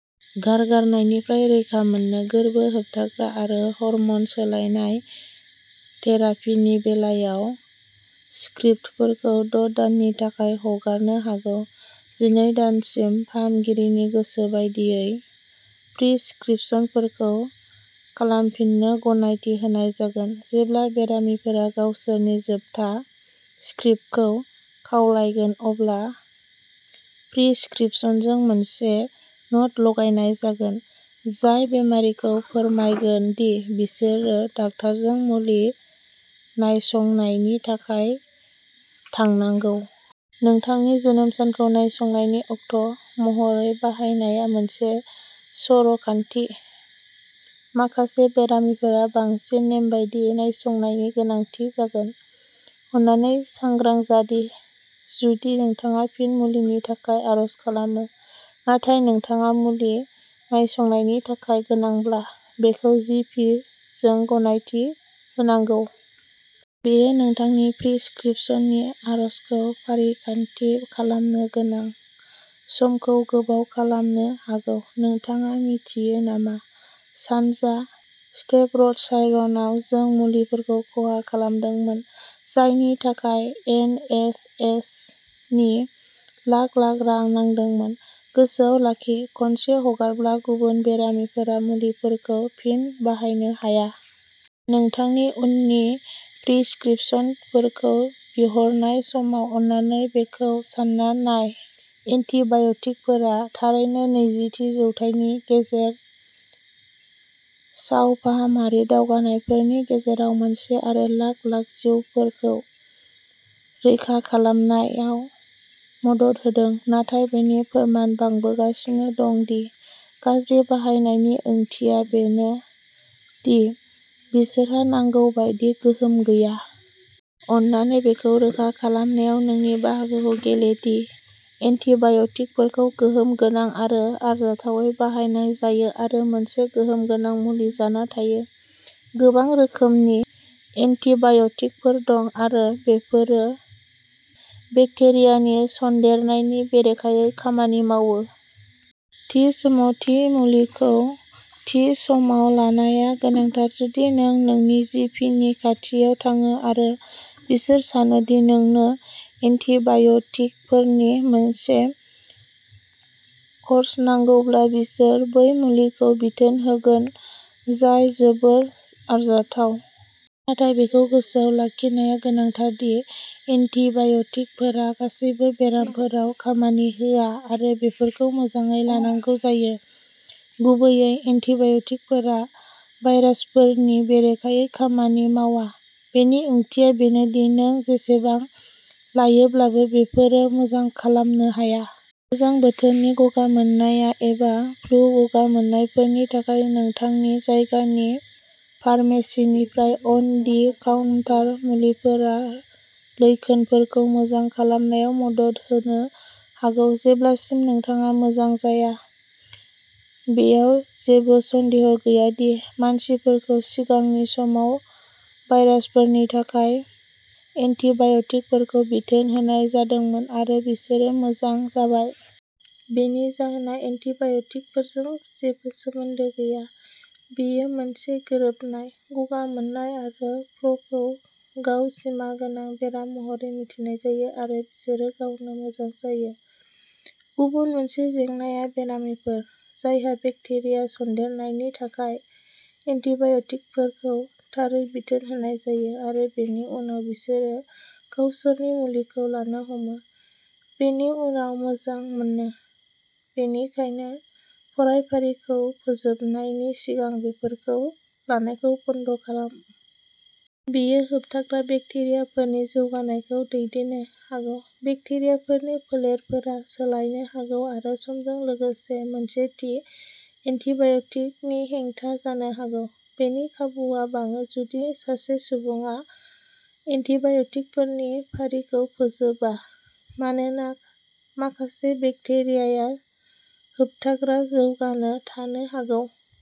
गारगारनायनिफ्राय रैखा मोनो। गोर्बो होबथाग्रा आरो हर्मन सोलायनाय थेरापिनि बेलायाव स्क्रिप्टफोरखौ द' दाननि थाखाय हगारनो हागौ। जिनै दानसिम फाहामगिरिनि गोसो बादियै प्रिस्क्रिप्शनफोरखौ खालामफिननो गनायथि होनाय जागोन। जेब्ला बेरामिफोरा गावसोरनि जोबथा स्क्रिप्टखौ खावलायगोन अब्ला प्रिस्क्रिप्शनजों मोनसे न'ट लगायनाय जागोन जाय बेरामिखौ फोरमायगोन दि बिसोरो डाक्टारजों मुलि नायसंनायनि थाखाय थांनांगौ। नोंथांनि जोनोम सानखौ नायसंनायनि अक्ट' महरै बाहायनाया मोनसे सर' खान्थि माखासे बेरामिफोरा बांसिन नेमबादि नायसंनायनि गोनांथि जागोन। अन्नानै सांग्रां जा दि जुदि नोंथाङा फिन मुलिनि थाखाय आर'ज खालामो नाथाय नोंथाङा मुलि नायसंनायनि थाखाय गोनांब्ला बेखौ जि पि जों गनायथि होनांगौ। बेयो नोंथांनि प्रिस्क्रिप्शननि आरजखौ फारिखान्थि खालामनो गोनां समखौ गोबाव खालामनो हागौ। नोंथाङा मिथियो नामा, सानजा स्टेफर्डशायरआव जों मुलिफोरखौ खहा खालामदोंमोन जायनि थाखाय एन एच एस नि लाख लाख रां नांदोंमोन गोसोआव लाखि खनसे हगारब्ला, गुबुन बेरामिफोरा मुलिफोरखौ फिन बाहायनो हाया। नोंथांनि उननि प्रिस्क्रिप्शनखौ बिहरनाय समाव अन्नानै बेखौ सान्ना नाय। एन्टीबाय'टिकफोरा थारैनो नैजिथि जौथाइनि गेदेर सावफाहामारि दावगानायफोरनि गेजेराव मोनसे आरो लाख-लाख जिउफोरखौ रैखा खालामनायाव मदद होदों। नाथाय बेनि फोरमान बांबोगासिनो दं दि गाज्रि बाहायनायनि ओंथिया बेनो दि बिसोरहा नांगौ बायदि गोहोम गैया। अन्नानै बेखौ रोखा खालामनायाव नोंनि बाहागोखौ गेले दि एन्टीबाय'टिकफोरखौ गोहोम गोनां आरो आरजाथावै बाहायनाय जायो आरो मोनसे गोहोम गोनां मुलि जाना थायो। गोबां रोखोमनि एन्टीबाय'टिकफोर दं, आरो बेफोरो बेक्टेरियानि सन्देरनायनि बेरेखायै खामानि मावो। थि समाव थि मुलिखौ थि समाव लानाया गोनांथार जुदि नों नोंनि जि पि नि खाथियाव थाङो आरो बिसोर सानो दि नोंनो एन्टीबाय'टिकफोरनि मोनसे कर्स नांगौब्ला बिसोर बै मुलिखौ बिथोन होगोन जाय जोबोर आरजाथाव। नाथाय बेखौ गोसोआव लाखिनाया गोनांथार दि एन्टीबाय'टिकफोरा गासैबो बेरामफोराव खामानि होआ आरो बेफोरखौ मोजाङै लानांगौ जायो। गुबैयै एन्टीबाय'टिकफोरा भायरासफोरनि बेरेखायै खामानि मावा। बेनि ओंथिया बेनो दि नों जेसेबां लायोब्लाबो, बेफोरो मोजां खालामनो हाया। गोजां बोथोरनि गगा मोननाय एबा फ्लु गगा मोननायफोरनि थाखाय नोंथांनि जायगानि फार्मेसीनिफ्राय अन दि काउन्टार मुलिफोरा लैखोनफोरखौ मोजां खालामनायाव मदद होनो हागौ जेब्लासिम नोंथाङा मोजां जाया। बेयाव जेबो सन्देह गैया दि मानसिफोरखौ सिगांनि समाव भाइरासफोरनि थाखाय एन्टिबाय'टिकफोर बिथोन होनाय जादोंमोन आरो बिसोरो मोजां जाबाय। बेनि जाहोना एन्टिबाय'टिकफोरजों जेबो सोमोन्दो गैया बेयो मोनसे गोरोबनाय। गगा मोननाय आरो फ्लुखौ गाव सिमा गोनां बेराम महरै मिथिनाय जायो आरो बिसोरो गावनो मोजां जायो। गुबुन मोनसे जेंनाया बेरामिफोर जायहा बेक्टेरिया सन्देरनायनि थाखाय एन्टिबाय'टिकफोरखौ थारै बिथोन होनाय जायो आरो बेनि उनाव बिसोरो गावसोरनि मुलिखौ लानो हमो, बेनि उनाव मोजां मोनो बेनिखायनो फरायफारिखौ फोजोबनायनि सिगां बेफोरखौ लानायखौ बन्द खालाम। बेयो होबथाग्रा बेक्टेरियाफोरनि जौगानायखौ दैदेननो हागौ। बेक्टेरियाफोरनि फोलेरफोरा सोलायनो हागौ आरो समजों लोगोसे मोनसे थि एन्टिबाय'टिकनि हेंथा जानो हागौ। बेनि खाबुआ बाङो जुदि सासे सुबुङा एन्टिबाय'टिकफोरनि फारिखौ फोजोबा मानोना माखासे बेक्टेरियाया होबथाग्रा जौगानो थानो हागौ।